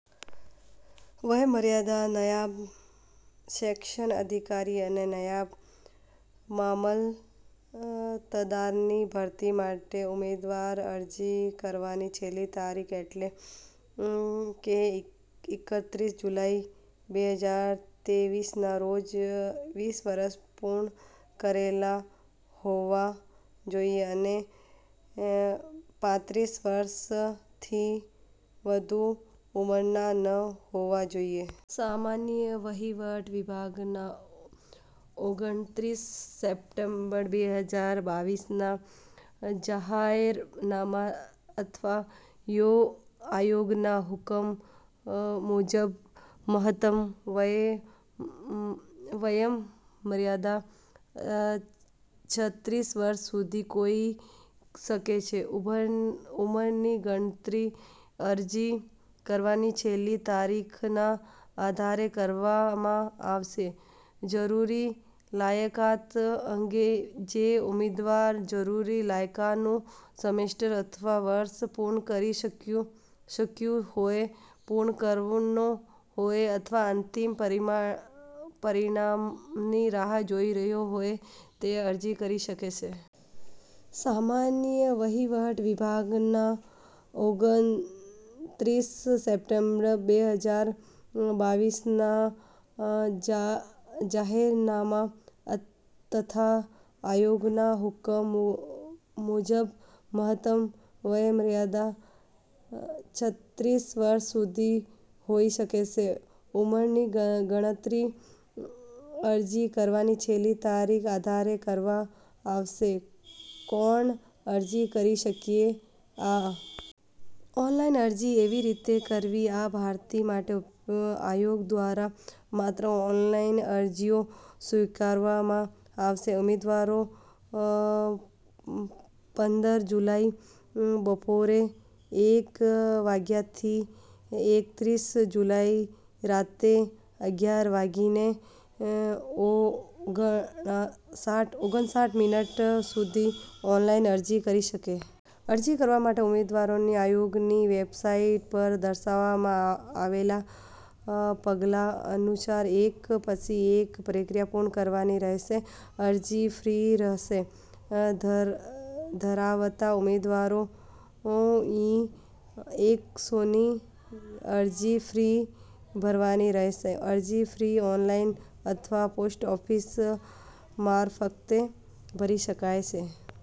વયમર્યાદા, નાયબ સેક્શન અધિકારી અને નાયબ મામલતદારની ભરતી માટે ઉમેદવારે અરજી કરવાની છેલ્લી તારીખ, એટલે કે એકત્રીસ જુલાઈ બેહજાર ત્રેવીસના રોજ વીસ વર્ષ પૂર્ણ કરેલા હોવા જોઈએ અને પાંત્રીસ વર્ષથી વધુ ઉંમરના ન હોવા જોઈએ. સામાન્ય વહીવટ વિભાગના ઓગણત્રીસ સપ્ટેમ્બર બેહજાર બાવીસના જાહેરનામા તથા આયોગના હુકમ મુજબ, મહત્તમ વયમર્યાદા છત્રીસવર્ષ સુધીની હોઈ શકે છે. ઉંમરની ગણતરી અરજી કરવાની છેલ્લી તારીખના આધારે કરવામાં આવશે. જરૂરી લાયકાત અંગે, જે ઉમેદવાર જરૂરી લાયકાનું સેમેસ્ટર અથવા વર્ષ પૂર્ણ કરી ચૂક્યો હોય, પૂર્ણ કરવાનો હોય અથવા અંતિમ પરિમાણ પરિણામની રાહ જોઈ રહ્યો હોય તે અરજી કરી શકે છે. સામાન્ય વહીવટ વિભાગના ઓગણત્રીસ સપ્ટેમ્બર બે હજાર બાવીસના જાહેરનામા તથા આયોગના હુકમ મુજબ, મહત્તમ વયમર્યાદા છત્રીસ વર્ષ સુધીની હોઈ શકે છે. ઉંમરની ગણતરી અરજી કરવાની છેલ્લી તારીખના આધારે કરવામાં આવશે. કોણ અરજી કરી શકે?આ ઓનલાઈન અરજી કેવી રીતે કરવી? આ ભરતી માટે આયોગ દ્વારા માત્ર ઓનલાઈન અરજીઓ સ્વીકારવામાં આવશે. ઉમેદવારો પંદર જુલાઈના બપોરે એક વાગ્યાથી એકત્રીસ જુલાઈની રાત્રે અગિયાર વાગીને ઓગણસાઠ મિનિટ સુધી ઓનલાઈન અરજી કરી શકશે. અરજી કરવા માટે ઉમેદવારે આયોગની વેબસાઈટ પર દર્શાવવામાં આવેલા પગલાં અનુસાર એક પછી એક પ્રક્રિયા પૂર્ણ કરવાની રહેશે. અરજી ફી, રસ ધરાવતા ઉમેદવારોએ રૂ. એકસોની અરજી ફી ભરવાની રહેશે, અરજી ફી ઓનલાઈન અથવા પોસ્ટ ઓફિસ મારફતે ભરી શકાય છે.